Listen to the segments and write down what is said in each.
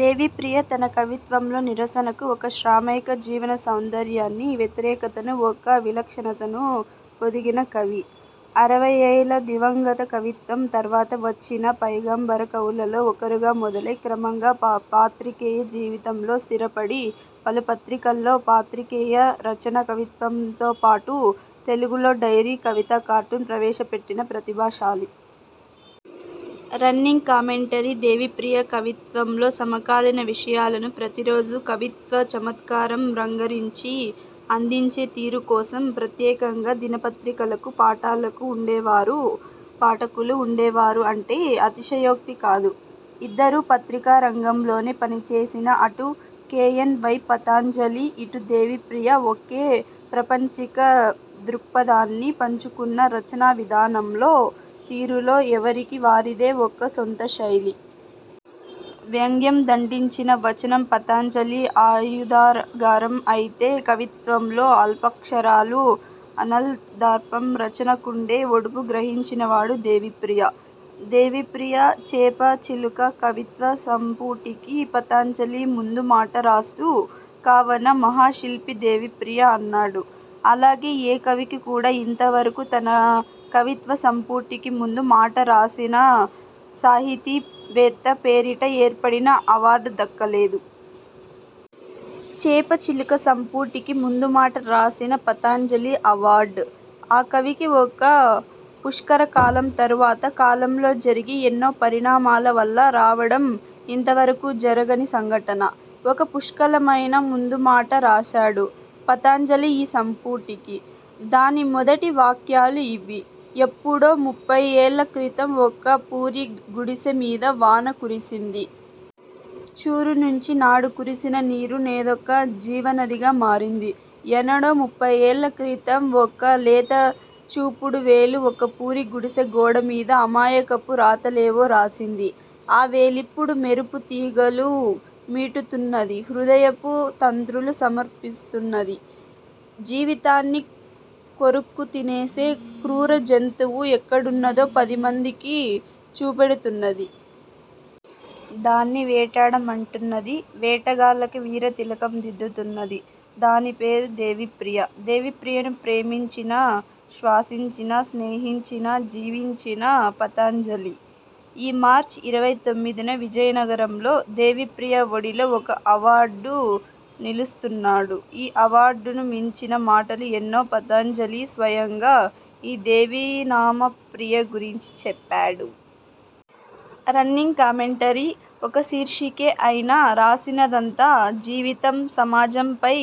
దేవిప్రియ తన కవిత్వంలో నిరసనకు ఒక శ్రమైక జీవన సౌందర్యాన్ని, వ్యతిరేకతను ఒక విలక్షణతను పొదిగిన కవి. అరవైల దివంగత కవిత్వం తర్వాత వచ్చిన పైగంబర కవులలో ఒకరుగా మొదలై, క్రమంగా పాత్రికేయ జీవితంలో స్థిరపడి, పలు పత్రికల్లో, పాత్రికేయ రచన, కవిత్వంతో పాటు, తెలుగులో డైలీ కవితా కార్టూన్ ప్రవేశపెట్టిన ప్రతిభాశాలి. రన్నింగ్ కామెంటరీ దేవిప్రియ కవిత్వంలో సమకాలీన విషయాలను ప్రతీ రోజూ కవిత్వ చమత్కారం రంగరించి, అందించే తీరు కోసం, ప్రత్యేకంగా దినపత్రికలకు పాఠాలకు ఉండేవారు పాఠకులు ఉండేవారు అంటే, అతిశయోక్తి కాదు. ఇద్దరూ పత్రికా రంగంలోనే పనిచేసినా, అటు కె. ఎన్. వై. పతంజలి, ఇటు దేవిప్రియ, ఒకే ప్రాపంచిక దృక్పథాన్ని పంచుకున్నా, రచనా విధానంలో, తీరులో ఎవరికి వారిదే ఒక సొంత శైలి. వ్యంగ్యం దండించిన వచనం పతంజలి ఆయుధాగారం అయితే, కవిత్వంలో అల్పాక్షరాలు అనల్పార్ధ రచనకుండే ఒడుపు గ్రహించిన వాడు దేవిప్రియ. దేవిప్రియ ''చేప చిలుక'' కవిత్వ సంపుటికి పతంజలి ముందు మాట రాస్తూ ''కవన మహాశిల్పి దేవిప్రియ'' అన్నాడు. అలాగే, ఏ కవికి కూడా ఇంతవరకూ, తన కవిత్వ సంపుటికి ముందు మాట రాసిన సాహితీ వేత్త పేరిట ఏర్పడిన అవార్డ్ దక్కలేదు. ''చేపచిలుక'' సంపుటికి ముందుమాట రాసిన పతంజలి అవార్డ్, ఆ కవికి ఒక పుష్కర కాలం తరువాత, కాలంలో జరిగే ఎన్నో పరిణామాల వల్ల రావడం ఇంతవరకూ జరగని సంఘటన. ఒక పుష్కలమైన ముందుమాట రాశాడు పతంజలి ఈ సంపుటికి.. దాని మొదటి వాక్యాలు ఇవి. ''ఎప్పుడో ముప్ఫయ్యేళ్ళ క్రితం ఒక పూరి గుడిసె మీద వాన కురిసింది. చూరు నుంచి నాడు కురిసిన నీరు నేదొక జీవనదిగా మారింది. ఎన్నడో ముప్ఫయ్యేళ్ళ క్రితం, ఒక లేత చూపుడు వేలు ఒక పూరి గుడిసె గోడ మీద అమాయకపు రాతలేవో రాసింది. ఆ వేలిప్పుడు మెరుపు తీగలు మీటుతున్నది, హృదయపు తంత్రులు సమర్పిస్తున్నది. జీవితాన్ని కొరుక్కు తినేసే క్రూర జంతువు ఎక్కడున్నదో పదిమందికీ చూపెడుతున్నది. దాన్ని వేటాడమంటున్నది. వేటగాళ్ళకి వీర తిలకం దిద్దుతున్నది. దాని పేరు దేవిప్రియ. '' దేవిప్రియను ప్రేమించిన, శ్వాసించిన, స్నేహించిన, జీవించిన పతంజలి, ఈ మార్చ్ ఇరవై తొమ్మిదిన విజయనగరంలో, దేవిప్రియ ఒడిలో ఒక అవార్డ్ నిలుస్తున్నాడు. ఈ అవార్డ్ను మించిన మాటలు ఎన్నో పతంజలి స్వయంగా, ఈ ''దేవినామప్రియ'' గురించి చెప్పాడు. ''రన్నింగ్ కామెంటరీ'' ఒక శీర్షికే అయినా, రాసినదంతా, జీవితం, సమాజంపై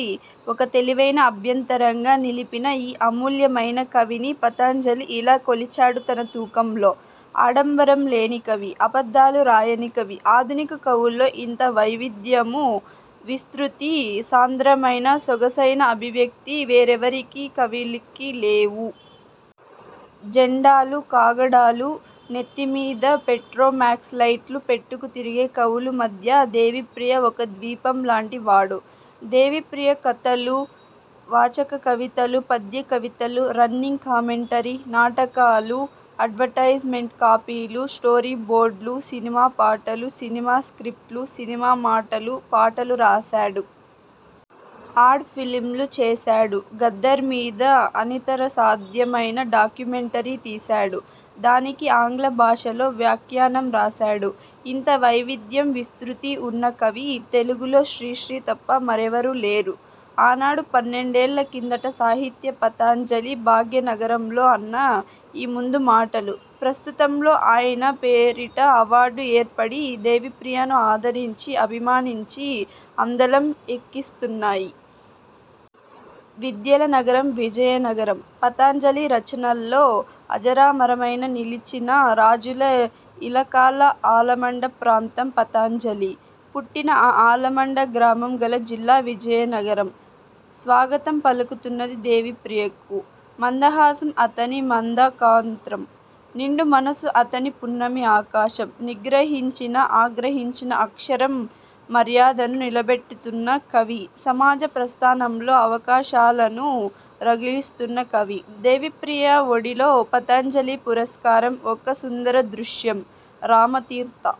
ఒక తెలివైన అభ్యంతరంగా నిలిపిన ఈ అమూల్యమైన కవిని పతంజలి ఇలా కొలిచాడు తన తూకంలో. ''ఆడంబరం లేని కవి. అబద్ధాలు రాయని కవి. ఆధునిక కవుల్లో ఇంత వైవిధ్యమూ, విస్తృతీ, సాంద్రమైన, సొగసైన అభివ్యక్తీ వేరెవరికీ కవికీ లేవు''. ''జెండాలు, కాగడాలు, నెత్తి మీద పెట్రోమాక్స్ లైట్లు పెట్టుకు తిరిగే కవులు మధ్య దేవిప్రియ ఒక ద్వీపం లాంటి వాడు''. ''దేవిప్రియ కథలు, వాచకకవితలు, పద్య కవితలు, రన్నింగ్ కామెంటరీ, నాటకలూ, అడ్వర్టైజ్మెంట్ కాపీలు, స్టోరీ బోర్డ్లూ, సినిమా పాటలు, సినిమా స్క్రిప్ట్లు, సినిమా మాటలు, పాటలు రాశాడు. ఆడ్ ఫిల్మ్లు చేశాడు. గద్దర్ మీద అనితరసాధ్యమైన డాక్యుమెంటరీ తీశాడు. దానికి ఆంగ్ల భాషలో వ్యాఖ్యానం రాశాడు. ఇంత వైవిధ్యం విస్తృతీ ఉన్న కవి, తెలుగులో శ్రీశ్రీ తప్ప మరెవరూ లేరు. '' ఆనాడు పన్నెండేళ్ళ కిందట, సాహిత్య పతంజలి, భాగ్యనగరంలో అన్న ఈ ముందు మాటలు, ప్రస్తుతంలో ఆయన పేరిట అవార్డ్ ఏర్పడి, దేవిప్రియను ఆదరించి, అభిమానించి, అందలం ఎక్కిస్తున్నాయి. విద్యల నగరం విజయనగరం, పతంజలి రచనల్లో అజరామరమైన నిలిచిన రాజుల ఇలాకాల ఆలమండ ప్రాంతం, పతంజలి పుట్టిన ఆ ఆలమండ గ్రామం గల జిల్లా విజయనగరం, స్వాగతం పలుకుతున్నది దేవిప్రియకు. మందహాసం అతని మందాక్రాంతం. నిండు మనసు అతని పున్నమి ఆకాశం. నిగ్రహించినా, ఆగ్రహించినా అక్షరం మర్యాదను నిలబెట్టుతున్న కవి, సమాజ ప్రస్థానంలో ఆకాశాలను రగిలిస్తున్న కవి, దేవిప్రియ ఒడిలో, పతంజలి పురస్కారం, ఒక సుందర దృశ్యం. -రామతీర్థ